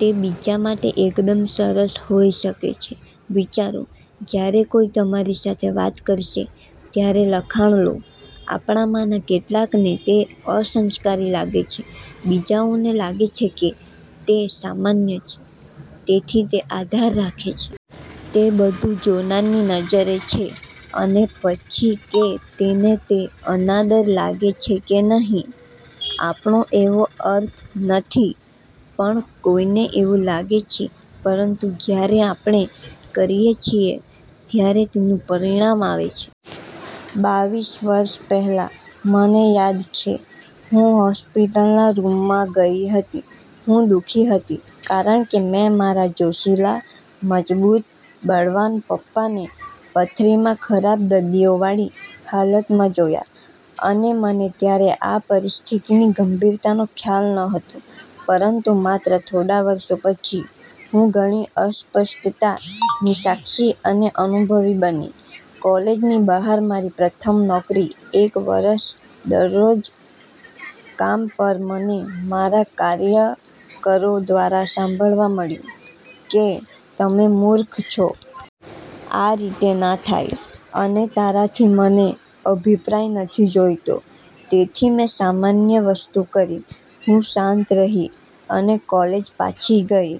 તે બીજા માટે એકદમ સરસ હોઈ શકે છે. વિચારો, જ્યારે કોઈ તમારી સાથે વાત કરશે ત્યારે લખાણ લો. આપણામાંના કેટલાકને તે અસંસ્કારી લાગે છે, બીજાઓને લાગે છે કે તે સામાન્ય છે. તેથી તે આધાર રાખે છે. તે બધું જોનારની નજરે છે અને પછી કે તેને તે અનાદર લાગે છે કે નહીં. આપણો એવો અર્થ નથી પણ કોઈને એવું લાગે છે પરંતુ જ્યારે આપણે કરીએ છીએ, ત્યારે તેનું પરિણામ આવે છે. બાવીસ વર્ષ પહેલાં, મને યાદ છે હું હોસ્પિટલના રૂમમાં ગઈ હતી. હું દુખી હતી કારણકે મે મારા જોશીલા, મજબૂત, બળવાન પપ્પાને પથરીમાં ખરાબ દર્દીઓ વાળી હાલતમાં જોયા. અને મને ત્યારે આ પરિસ્થિતિની ગંભીરતાનો ખ્યાલ ન હતો પરંતુ માત્ર થોડા વર્ષો પછી, હું ઘણી અસ્પષ્ટતા ની સાક્ષી અને અનુભવી બની કોલેજની બહાર મારી પ્રથમ નોકરી એક વરસ દરરોજ કામ પર મને મારા સહકાર્યકરો દ્વારા સાંભળવા મળ્યું કે, "તમે મૂર્ખ છો? આ રીતે ના થાય, " અને "તારાથી મને અભિપ્રાય નથી જોઈતો. " તેથી મે સામાન્ય વસ્તુ કરી હું શાંત રહી, અને કોલેજ પાછી ગઈ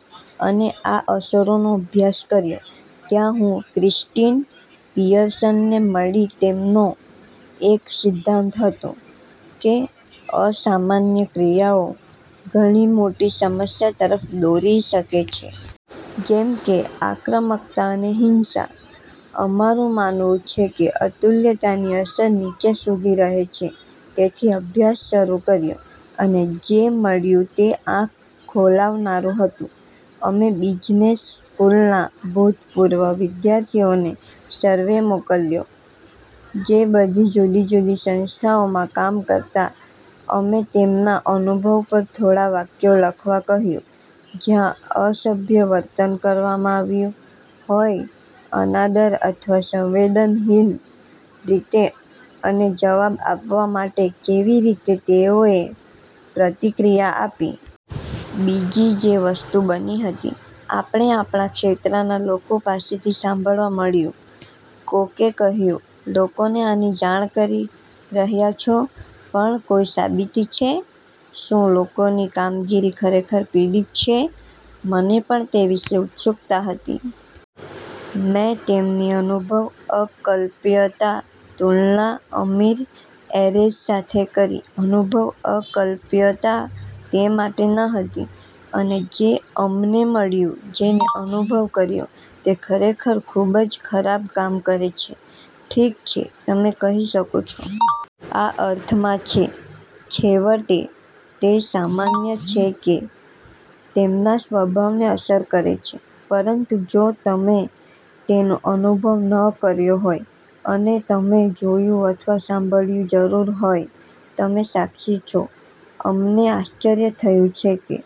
અને આ અસરોનો અભ્યાસ કર્યો. ત્યાં, હું ક્રિષ્ટીન પિઅર્સનને મળી તેમનો એક સિદ્ધાંત હતો, કે અસામાન્ય ક્રિયાઓ ઘણી મોટી સમસ્યા તરફ દોરી સકે છે. જેમ કે આક્રમકતા અને હિંસા. અમારું માનવું છે કે અતુલ્યતાની અસર નીચે સુધી રહે છે. તેથી અભ્યાસ શરૂ કર્યો, અને જે મળ્યું તે આંખ ખોલાવનારું હતું. અમે બિઝનેસ સ્કૂલના ભુતપૂર્વ વિધ્યાર્થીઓને સર્વે મોકલ્યો જે બધી જુદી જુદી સંસ્થાઓમાં કામ કરતાં અમે તેમના અનુભવ પર થોડા વાક્યો લખવા કહ્યું જ્યાં અસભ્ય વર્તન કરવામાં આવ્યું હોય, અનાદર અથવા સંવેદનહીન રીતે અને જવાબ આપવા માટે કેવી રીતે તેઓએ પ્રતિક્રિયા આપી. બીજી જે વસ્તુ બની હતી, આપણે આપણાં ક્ષેત્રના લોકો પાસેથી સાંભળવા મળ્યું કોકે કહ્યું, "લોકોને આની જાણ કરી રહ્યા છો, પણ કોઈ સાબિતી છે? શું લોકોની કામગીરી ખરેખર પીડિત છે? " મને પણ તે વિશે ઉત્સુકતા હતી. મે તેમની અનુભવ અકલ્પ્યતા તુલના અમીર એરેઝ સાથે કરી અનુભવ અકલ્પ્યતા તે માટે ન હતી. અને જે અમને મળ્યું જેને અનુભવ કર્યો તે ખરેખર ખુબજ ખરાબ કામ કરે છે. ઠીક છે તમે કહી શકો છો. "આ અર્થમાં છે. છેવટે, તે સામાન્ય છે કે તેમના સ્વભાવને અસર કરે છે. " પરંતુ જો તમે તેનો અનુભવ ન કર્યો હોય? અને તમે જોયું અથવા સંભાળ્યું જરૂર હોય? તમે સાક્ષી છો અમને આશ્ચર્ય થયું કે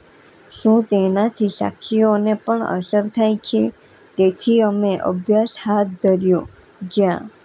શું તેનાથી સાક્ષીઓને પણ અસર થાય છે. તેથી અમે અભ્યાસ હાથ ધર્યો જ્યાં